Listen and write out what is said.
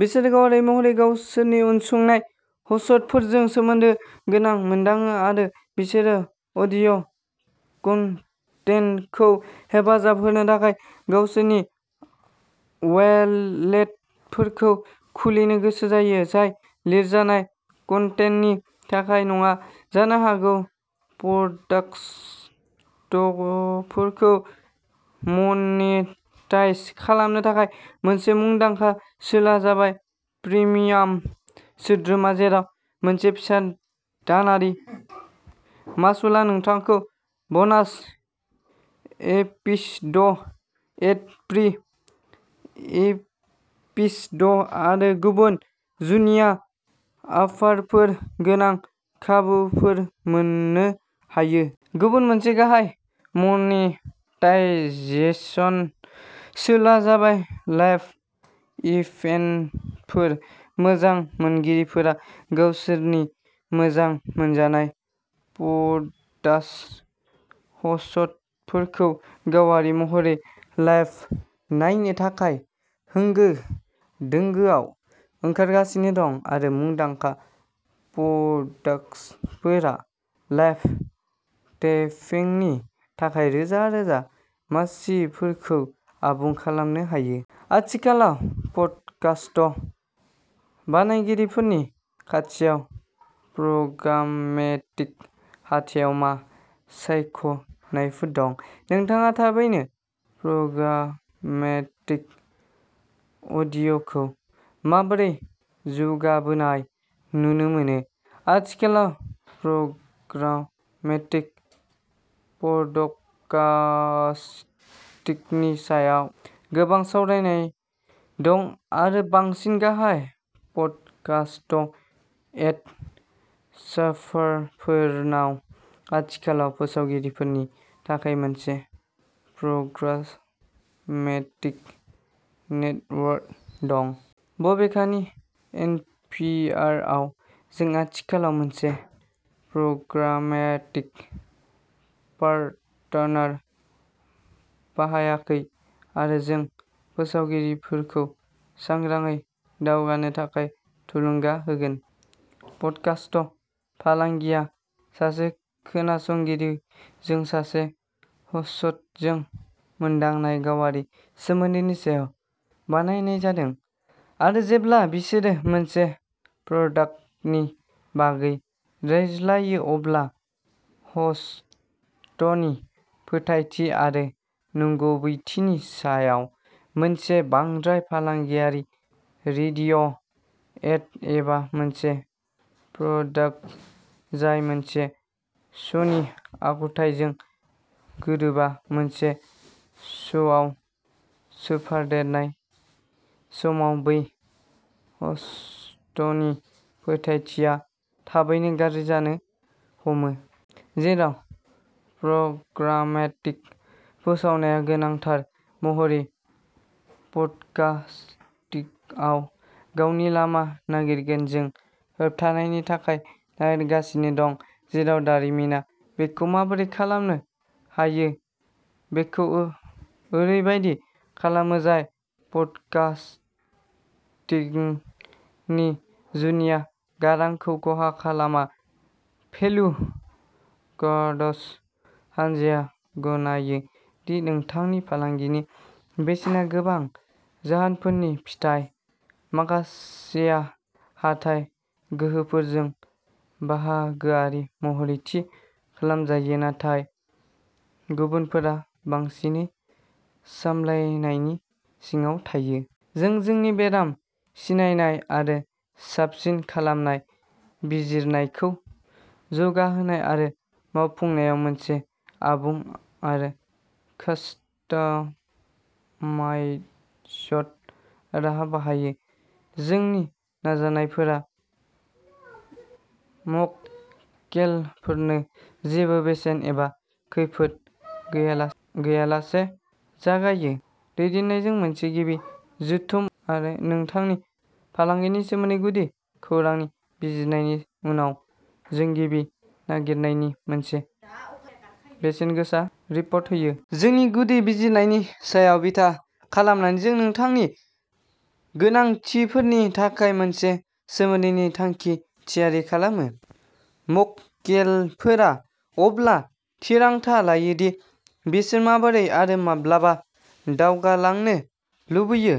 बिसोरो गावारि महरै गावसोरनि उनसंनाय ह'स्टफोरजों सोमोन्दो गोनां मोनदाङो आरो बिसोरो अडिय' कन्टेन्टखौ हेफाजाब होनो थाखाय गावसोरनि वेलेटफोरखौ खुलिनो गोसो जायो, जाय लिरजानाय कन्टेन्टनि थाखाय नङा जानो हागौ। प'डास्टट'फोरखौ मनेटाइज खालामनो थाखाय मोनसे मुंदांखा सोलोआ जाबाय प्रिमियाम सोद्रोमा, जेराव मोनसे फिसा दानारि मासुलआ नोंथांखौ ब'नास एपिसड', एड-फ्री एपिसड' आरो गुबुन जुनिया अफारफोर गोनां खाबुफोर मोननो हायो। गुबुन मोनसे गाहाय मनेटाइजेशन सोलोआ जाबाय लाइभ इभेन्टफोर। मोजां मोनगिरिफोरा गावसोरनि मोजां मोनजानाय प'डास्ट ह'स्टफोरखौ गावारि महरै लाइभ नायनो थाखाय होंगो-दोंगोआव ओंखारगासिनो दं आरो मुंदांखा प'डास्टफोरा लाइभ टेपिंनि थाखाय रोजा-रोजा मासिफोरखौ आबुं खालामनो हायो। आथिखालाव पडकास्ट बानायगिरिफोरनि खाथियाव प्रग्रामेटिक हाथायाव मा सायख'नायफोर दं? नोंथाङा थाबैनो प्रग्रामेटिक अडिय'खौ माबोरै जौगाबोनाय नुनो मोनो? आथिखालाव प्रग्रामेटिक पडकास्टिनि सायाव गोबां सावरायनाय दं आरो बांसिन गाहाय पडकास्ट एड सार्भारफोरनाव आथिखालाव फोसावगिरिफोरनि थाखाय मोनसे प्रग्रामेटिक नेटवर्क दं। बबेखानि एनपिआरआव जों आथिखालाव मोनसे प्रग्रामेटिक पार्टनार बाहायाखै आरो जों फोसावगिरिफोरखौ सांग्राङै दावगानो थाखाय थुलुंगा होगोन। पडकास्ट फालांगिया सासे खोनासंगिरिजों सासे ह'स्ट'जों मोनदांनाय गावारि सोमोन्दोनि सायाव बानायनाय जादों आरो जेब्ला बिसोरो मोनसे प्रडाक्टनि बागै रायज्लायो अब्ला ह'स्ट'नि फोथायथि आरो नंगुबैथिनि सायाव मोनसे बांद्राय फालांगियारि रेडिय'एड, एबा मोनसे प्रडाक्ट जाय मोनसे श'नि आखुथाइजों गोरोबा, मोनसे श'आव सोफादेरनाय समाव बै ह'स्ट'नि फोथायथिआ थाबैनो गाज्रि जानो हमो। जेराव प्रग्रामेटिक फोसावनाया गोनांथार महरै पडकास्टिगआव गावनि लामा नागिरगोन, जों होबथानायनि थाखाय नारसिनगासिनो दं, जेराव दारिमिना बेखौ माबोरै खालामनो हायो बेखौ ओरैबायदि खालामो, जाय पडकास्टिनि जुनिया गारांखौ खहा खालामा। भेलु गार्डस हान्जाया गनायो दि नोंथांनि फालांगिनि बेसेना गोबां जाहोनफोरनि फिथाय, माखासेआ हाथाइ गोहोफोरजों बाहागोआरि महरै थि खालामजायो, नाथाय गुबुनफोरा बांसिनै सामलायनायनि सिङाव थायो। जों जोंनि बेराम सिनायनाय आरो साबसिन खालामनाय बिजिरनायखौ जौगाहोनाय आरो मावफुंनायाव मोनसे आबुं आरो कास्टमाइज्ड राहा बाहायो। जोंनि नाजानायफोरा मक्केलफोरनो जेबो बेसेन एबा खैफोद गैयालासे जागायो। दैदेननायजों मोनसे गिबि जथुम आरो नोंथांनि फालांगिनि सोमोन्दै गुदि खौरांनि बिजिरनायनि उनाव, जों गिबि नागिरनायनि मोनसे बेसेनगोसा रिपर्ट होयो। जोंनि गुदि बिजिरनायनि सायाव बिथा खालामनानै, जों नोंथांनि गोनांथिफोरनि थाखाय मोनसे सोमोन्दोनि थांखि थियारि खालामो। मक्केलफोरा अब्ला थिरांथा लायो दि बिसोर माबोरै, आरो माब्ला दावगालांनो लुबैयो।